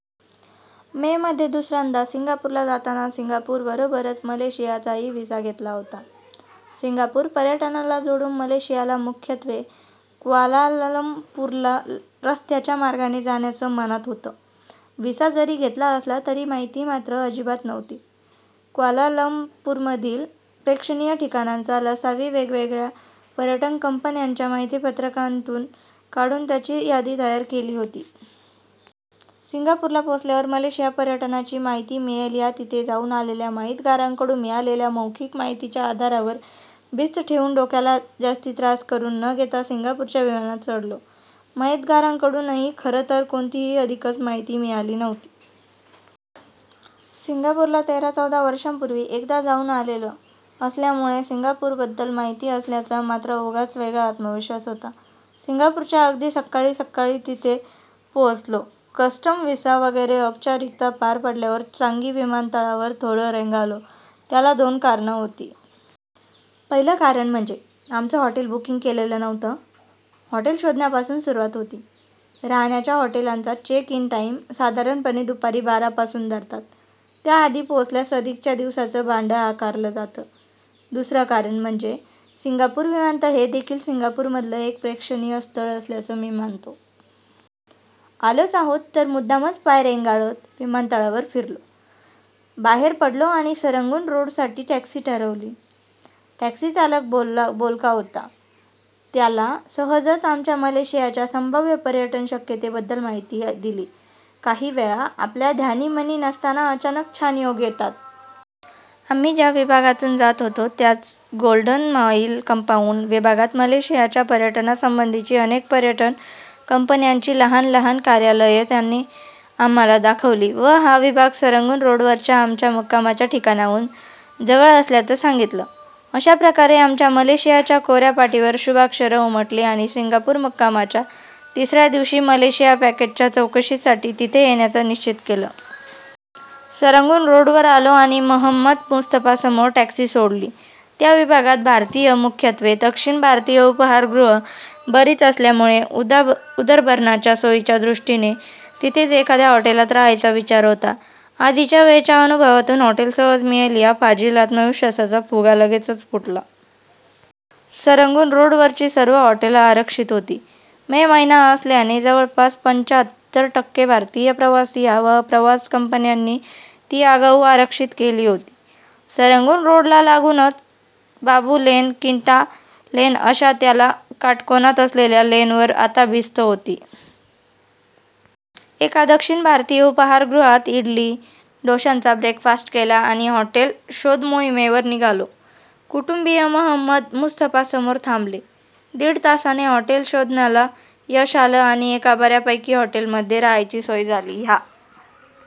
मे मधे दुसऱ्यांदा सिंगापूरला जाताना, सिंगापूर बरोबरच मलेशियाचाही व्हिसा घेतला होता. सिंगापूर पर्यटनाला जोडून मलेशियाला, मुख्यत्वे क्वालालंपूरला रस्त्याच्या मार्गाने जाण्याचं मनात होतं. व्हिसा जरी घेतला असला तरी माहिती मात्र अजिबात नव्हती. क्वालालंपूरमधील प्रेक्षणीय ठिकाणांचा 'लसावि' वेगवेगळ्या पर्यटन कंपन्यांच्या माहितीपत्रकांतून काढून त्याची यादी तयार केली होती. 'सिंगापूरला पोहोचल्यावर मलेशिया पर्यटनाची माहिती मिळेल' ह्या तिथे जाऊन आलेल्या 'माहितगारांकडून' मिळालेल्या मौखिक माहितीच्या आधारावर भिस्त ठेवून, डोक्याला जास्ती त्रास करून न घेता सिंगापूरच्या विमानात चढलो. माहितगारांकडूनही खरंतर कोणतीही अधिकची माहिती मिळाली नव्हती. सिंगापूरला तेरा- चौदा वर्षांपूर्वी, एकदा जाऊन आलेलो असल्यामुळे, सिंगापूरबद्दल माहिती असल्याचा मात्र उगाच वेगळा आत्मविश्वास होता. सिंगापूरच्या अगदी सक्काळी सक्काळी तिथे पोहोचलो. कस्टम, व्हिसा वगैरे औपचारिकता पार पडल्यावर, चांगी विमानतळावर थोडं रेंगाळलो. त्याला दोन कारणं होती. पहिलं कारण म्हणजे, आमचं हॉटेल बुकिंग केलेलं नव्हतं. हॉटेल शोधण्यापासून सुरुवात होती. राहण्याच्या हॉटेलांचा 'चेक इन टाईम' साधारणपणे दुपारी बारा पासून धरतात, त्याआधी पोहोचल्यास अधिकच्या दिवसाचं भाडं आकारलं जातं. दुसरं कारण म्हणजे सिंगापूर विमानतळ हे देखील सिंगापूरमधलं एक प्रेक्षणीय स्थळ असल्याचं मी मानतो. आलोच आहोत तर मुद्दामच पाय रेंगाळत, विमानतळावर फिरलो. बाहेर पडलो आणि सरंगून रोडसाठी टॅक्सी ठरवली. टॅक्सी चालक बोलका होता. त्याला सहजच आमच्या मलेशियाच्या संभाव्य पर्यटन शक्यतेबद्दल माहिती दिली. काही वेळा, आपल्या ध्यानीमनी नसताना अचानक छान योग येतात. आम्ही ज्या विभागातून जात होतो त्याच 'गोल्डन माईल कंपाउंड' विभागात मलेशियाच्या पर्यटनासंबंधीची अनेक पर्यटन कंपन्यांची लहान लहान कार्यालयं त्याने आम्हाला दाखवली व हा विभाग सरंगून रोडवरच्या आमच्या मुक्कामाच्या ठिकाणाहून जवळ असल्याचं सांगितलं. अशाप्रकारे आमच्या मलेशियाच्या कोऱ्या पाटीवर शुभाक्षरं उमटली आणि सिंगापूर मुक्कामाच्या तिसऱ्या दिवशी मलेशिया पॅकेजच्या चौकशीसाठी तिथे येण्याचं निश्चित केलं. सरंगून रोडवर आलो आणि 'महंमद मुस्तफा'समोर टॅक्सी सोडली. त्या विभागात भारतीय, मुख्यत्वे दक्षिण भारतीय उपहारगृह बरीच असल्यामुळे, उदरभरणाच्या सोयीच्या दृष्टीने, तिथेच एखाद्या हॉटेलात राहायचा विचार होता. आधीच्या वेळच्या अनुभवातून हॉटेल सहज मिळेल ह्या फाजील आत्मविश्वासाचा फुगा लगेचच फुटला. सरंगून रोडवरची सर्व हॉटेलं आरक्षित होती. मे महिना असल्याने जवळपास पंच्याहत्तर टक्के भारतीय प्रवासी व प्रवास कंपन्यांनी ती आगाऊ आरक्षित केली होती. सरंगून रोडला लागूनच्या बाबू लेन, किंटा लेन अशा त्याला काटकोनात असलेल्या लेनवर आता भिस्त होती. एका दक्षिण भारतीय उपहारगृहात इडली, डोशांचा ब्रेकफास्ट केला आणि हॉटेल शोधमोहिमेवर निघालो. कुटुंबीय महंमद मुस्तफासमोर थांबले. दीड तासाने हॉटेल शोधनाला यश आलं आणि एका बऱ्यापैकी हॉटेलमध्ये राहायची सोय झाली. ह्या